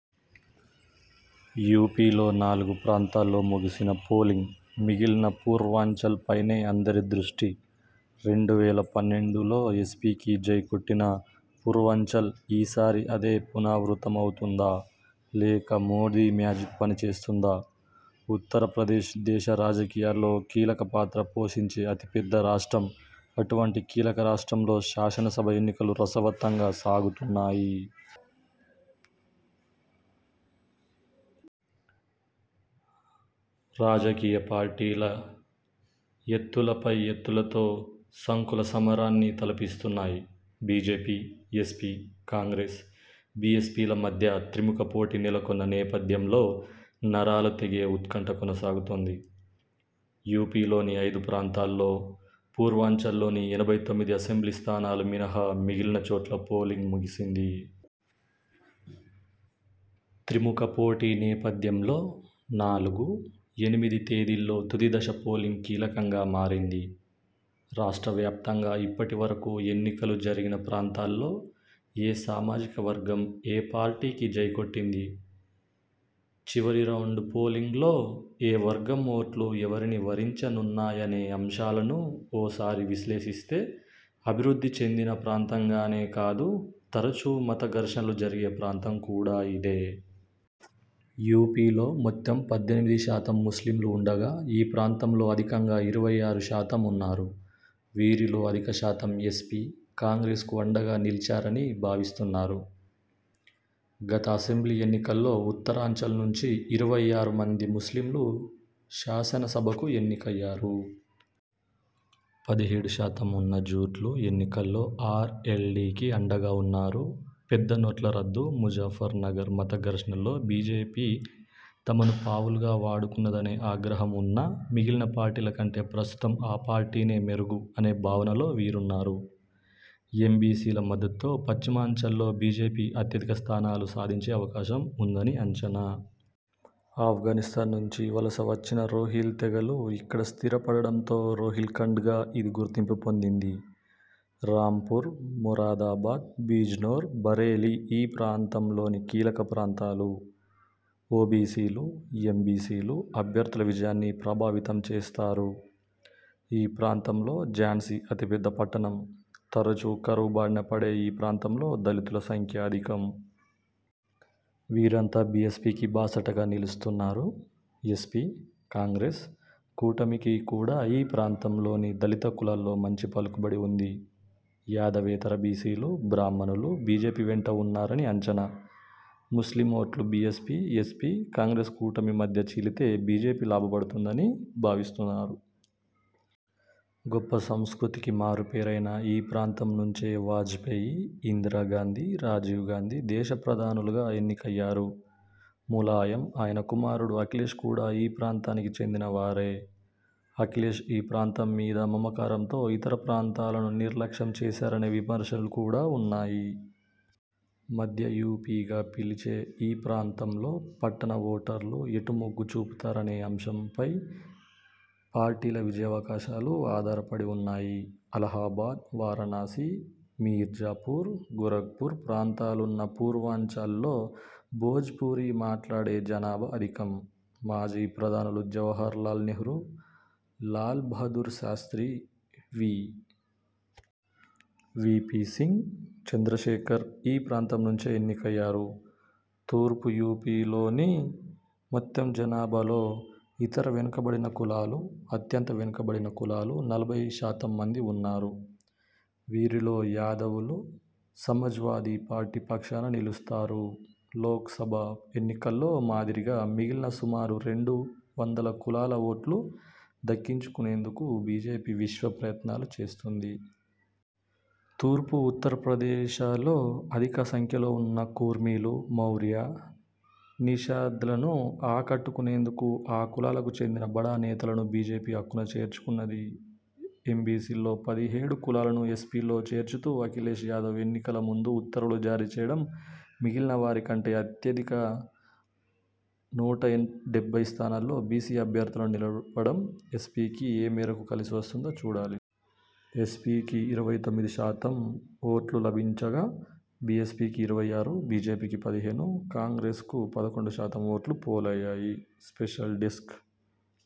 యూపీలో నాలుగు ప్రాంతాల్లో ముగిసిన పోలింగ్ మిగిలిన పూర్వాంచల్పైనే అందరి దృష్టి. రెండు వేల పన్నెండులో ఎస్పీకి జై కొట్టిన పూర్వాంచల్ ఈ సారీ అదే పునరావృతమవుతుందా? లేక మోదీ మ్యాజిక్ పనిచేస్తుందా? ఉత్తరప్రదేశ్, దేశ రాజకీయాల్లో కీలక పాత్ర పోషించే అతి పెద్ద రాష్ట్రం, అటువంటి కీలక రాష్ట్రంలో శాసన సభ ఎన్నికలు రసవతంగా సాగుతున్నాయి. రాజకీయ పార్టీల ఎత్తుల పై ఎత్తులతో సంకుల సమరాన్ని తలపిస్తున్నాయి. బీజేపీ, ఎస్పీ, కాంగ్రెస్, బీఎస్పీల మధ్య త్రిముఖ పోటీ నెలకొన్న నేపథ్యంలో నరాలు తెగే ఉత్కంఠ కొనసాగుతోంది. యూపీలోని ఐదు ప్రాంతాల్లో పూర్వాంచల్లోని ఎనభై తొమ్మిది అసెంబ్లీ స్థానాలు మినహా మిగిలిన చోట్ల పోలింగ్ ముగిసింది. త్రిముఖ పోటీ నేపథ్యంలో నాలుగు, ఎనిమిది తేదీల్లో తుదిదశ పోలింగ్ కీలకంగా మారింది. రాష్ట్ర వ్యాప్తంగా ఇప్పటి వరకు ఎన్నికలు జరిగిన ప్రాంతాల్లో ఏ సామాజిక వర్గం ఏ పార్టీకి జై కొట్టింది? చివరి రౌండ్ పోలింగ్లో ఏ వర్గం ఓట్లు ఎవరిని వరించనున్నాయనే అంశాలను ఓ సారి విశ్లేషిస్తే, అభివృద్ధి చెందిన ప్రాంతం గానే కాదు తరచూ మత ఘర్షణలు జరిగే ప్రాంతం కూడా ఇదే. యూపీలో మొత్తం పద్దెనిమిది శాతం ముస్లింలు ఉండగా ఈ ప్రాంతంలో అధికంగా ఇరవై ఆరు శాతం ఉన్నారు. వీరిలో అధిక శాతం ఎస్పీ, కాంగ్రెస్ కు అండగా నిలిచారని భావిస్తున్నారు. గత అసెంబ్లీ ఎన్నికల్లో ఉత్తరాంచల్ నుంచి ఇరవై ఆరు మంది ముస్లింలు శాసన సభకు ఎన్నికయ్యారు. పదిహేడు శాతం ఉన్న జూట్లు ఎన్నికల్లో అర్ఎల్డీకి అండగా ఉన్నారు. పెద్ద నోట్ల రద్దు, ముజఫర్నగర్ మత ఘర్షణల్లో బీజేపీ తమను పావులుగా వాడుకున్నదనే అగ్రహం ఉన్నా మిగిలిన పార్టీల కంటే ప్రస్తుతం ఆ పార్టీనే మెరుగు అనే భావనలో వీరున్నారు. ఎంబీసీల మద్దతుతో పశ్చిమాంచల్లో బీజేపీ అత్యధిక స్థానాలు సాధించే అవకాశం ఉందని అంచనా. అఫ్ఘానిస్థాన్ నుంచి వలస వచ్చిన రోహిల్ తెగలు ఇక్కడ స్థిర పడటంతో రోహిల్ఖండ్గా ఇది గుర్తింపు పొందింది. రాంపూర్, మొరాదాబాద్, బిజ్నోర్, బరేలీ ఈ ప్రాంతంలోని కీలక ప్రాంతాలు. ఓబీసీలు, ఎంబీసీలు అభ్యర్థుల విజయాన్ని ప్రభావితం చేస్తారు. ఈ ప్రాంతంలో ఝాన్సీ అతిపెద్ద పట్టణం. తరచు కరువు బారిన పడే ఈ ప్రాంతంలో దళితుల సంఖ్య అధికం. వీరంతా బీఎస్పీకి బాసటగా నిలుస్తున్నారు. ఎస్పి, కాంగ్రెస్ కూటమికి కూడా ఈ ప్రాంతం లోని దళిత కులాల్లో మంచి పలుకుబడి ఉంది. యాదవేతర బీసీలు, బ్రాహ్మణులు బీజేపీ వెంట ఉన్నారని అంచనా. ముస్లిం ఓట్లు బీఎస్పీ, ఎస్పీ, కాంగ్రెస్ కూటమి మధ్య చీలితే బీజేపీ లాభపడుతుందని భావిస్తున్నారు. గొప్ప సంస్కృతికి మారు పేరైన ఈ ప్రాంతం నుంచే వాజ్పేయి, ఇందిరా గాంధీ, రాజీవ్ గాంధీ దేశ ప్రధానులుగా ఎన్నికయ్యారు. ములాయం, ఆయన కుమారుడు అఖిలేశ్ కూడా ఈ ప్రాంతానికి చెందిన వారే. అఖిలేశ్ ఈ ప్రాంతం మీద మమకారంతో ఇతర ప్రాంతాలను నిర్లక్ష్యం చేశారనే విమర్శలు కూడా ఉన్నాయి. మధ్య యూపీగా పిలిచే ఈ ప్రాంతంలో పట్లణ ఓటర్లు ఎటు మొగ్గు చూపుతారనే అంశంపై పార్టీల విజయావకాశాలు ఆధారపడి ఉన్నాయి. అలహాబాద్, వారణాసి, మీర్జాపూర్, గోరఖ్ పూర్ ప్రాంతాలున్న పూర్వాంచల్లో భోజ్పూరీ మాట్లాడే జనాభా అధికం. మాజీ ప్రధానులు జవహర్లాల్ నెహ్రూ, లాల్బహదూర్ శాస్త్రీ, వి.. వి పి. సింగ్, చంద్రశేఖర్ ఈ ప్రాంతం నుంచే ఎన్నికయ్యారు. తూర్పు యూపీలోని మొత్తం జనాభాలో ఇతర వెనుకబడిన కులాలు, అత్యంత వెనుక బడిన కులాలు నలభై శాతం మంది ఉన్నారు. వీరిలో యాదవులు సమాజ్వాదీ పార్టీ పక్షాన నిలుస్తారు. లోక్సభ ఎన్నికల్లో మాదిరిగా మిగిలిన సుమారు రెండు వందల కులాల ఓట్లు దక్కించుకునేందుకు బీజేపీ విశ్వప్రయత్నాలు చేస్తోంది. తూర్పు ఉత్తరప్రదేశలో అధిక సంఖ్యలో ఉన్న కుర్మీలు, మౌర్య, నిషాద్లను ఆకట్టు కునేందుకు ఆ కులాలకు చెందిన బడా నేతలను బీజేపీ అక్కున చేర్చుకున్నది. ఎంబీసీల్లో పదిహేడు కులాలను ఎస్సీల్లో చేర్చుతూ అఖిలేశ్ యాదవ్ ఎన్నికల ముందు ఉత్తర్వులు జారీ చేయడం, మిగిలిన వారి కంటే అత్యధికంగా నూట డెబ్బై స్థానాల్లో బీసీ అభ్యర్థులను నిలపడం ఎస్పీకి ఏ మేరకు కలిసి వస్తుందో చూడాలి. ఎస్పీకి ఇరవై తొమ్మిది శాతం ఓట్లు లభించగా, బీఎస్పీకి ఇరవై ఆరు, బీజేపీ పదిహేను, కాంగ్రెసకు పదకొండు శాతం ఓట్లు పోలయ్యాయి. Special desk